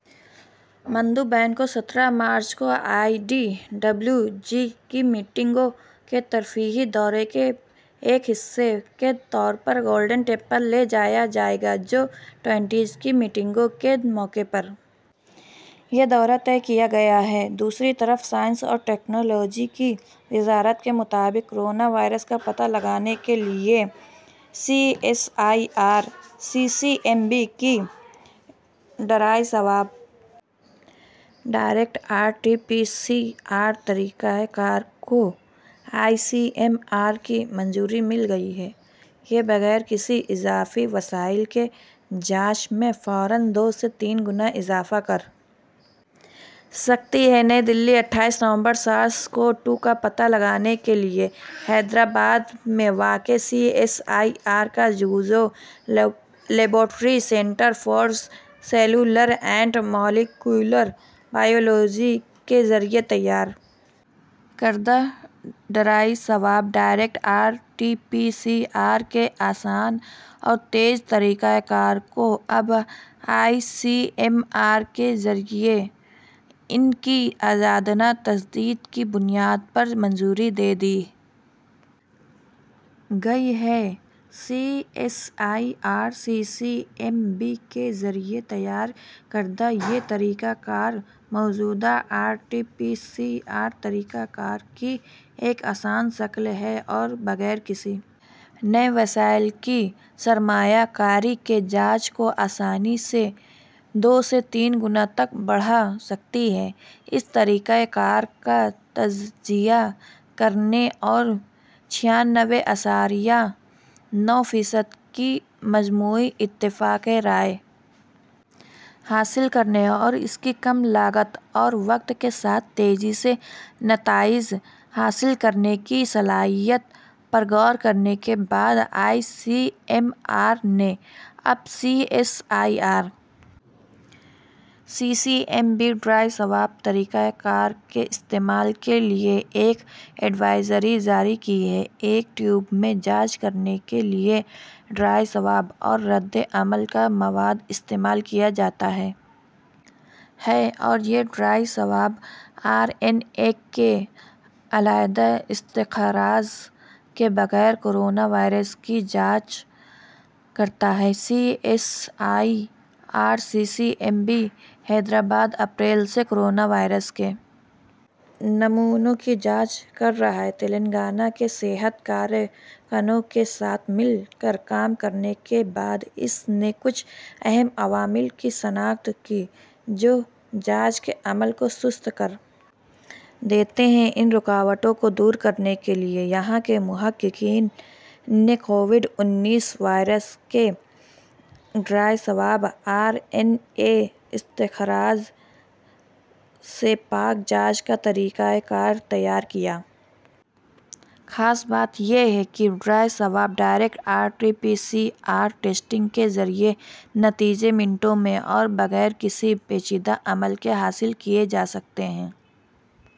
مندوبین کو سترہ مارچ کو ای ڈی ڈبلیو جی کی میٹنگوں کے تفریحی دورے کے ایک حصے کے طور پر گولڈن ٹیمپل لے جایا جائے گا جی ٹوئنٹی کی میٹنگوں کے موقع پر یہ دورہ طے کیا گیا ہے دوسری طرف سائنس اور ٹیکنالوجی کی وزارت کے مطابق کورونا وائرس کا پتہ لگانے کے لیے C S I R C C M B کی dry swab direct R T P C R طریقہ کار کو آئی سی ایم آر کی منظوری مل گئی ہے یہ بغیر کسی اضافی وسائل کے جانچ میں فوراً دو سے تین گنا اضافہ کر سکتی ہے نئی دہلی اٹھائیس نومبر سارس کوو ٹو کا پتہ لگانے کے لیے حیدرآباد میں واقع سی ایس آئی آر کا جزو laboratory centre for cellular and molecular biology کے ذریعے تیار کردہ dry swab direct R T P C R کے آسان اور تیز طریقہ کار کو اب آئی سی ایم آر کے ذریعے ان کی آزادانہ تصدیق کی بنیاد پر منظوری دے دی گئی ہے C S I R C C M B کے ذریعے تیار کردہ یہ طریقہ کار موجودہ R T P C R طریقہ کار کی ایک آسان شکل ہے اور بغیر کسی نئے وسائل کی سرمایہ کاری کے جانچ کو آسانی سے دو سے تین گنا تک بڑھا سکتی ہے اس طریقہ کار کا تجزیہ کرنے اور چھیانوے اعشاریہ نو فیصد کی مجموعی اتفاق رائے حاصل کرنے اور اس کی کم لاگت اور وقت کے ساتھ تیزی سے نتائج حاصل کرنے کی صلاحیت پر غور کرنے کے بعد آئی سی ایم آر نے اب C S I R C C M B dry swab طریقہ کار کے استعمال کے لیے ایک ایڈوائزری جاری کی ہے ایک ٹیوب میں جانچ کرنے کے لیے ڈرائی سواب اور ردعمل کا مواد استعمال کیا جاتا ہے اور یہ dry swab R N A کے علیحدہ استخراج کے بغیر کورونا وائرس کی جانچ کرتا ہے C S I R C C M B Hyderabad اپریل سے کورونا وائرس کے نمونوں کی جانچ کر رہا ہے تلنگانہ کے صحت کارکنوں کے ساتھ مل کر کام کرنے کے بعد اس نے کچھ اہم عوامل کی شناخت کی جو جانچ کے عمل کو سست کر دیتے ہیں ان رکاوٹوں کو دور کرنے کے لیے یہاں کے محققین نے کووڈ انیس وائرس کے لیے dry swab R N A استخراج سے پاک جانچ کا طریقہ کار تیار کیا ہے خاص بات یہ ہے کہ dry swab direct R T P C R testing کے ذریعے نتائج منٹوں میں اور بغیر کسی پیچیدہ عمل کے حاصل کیے جا سکتے ہیں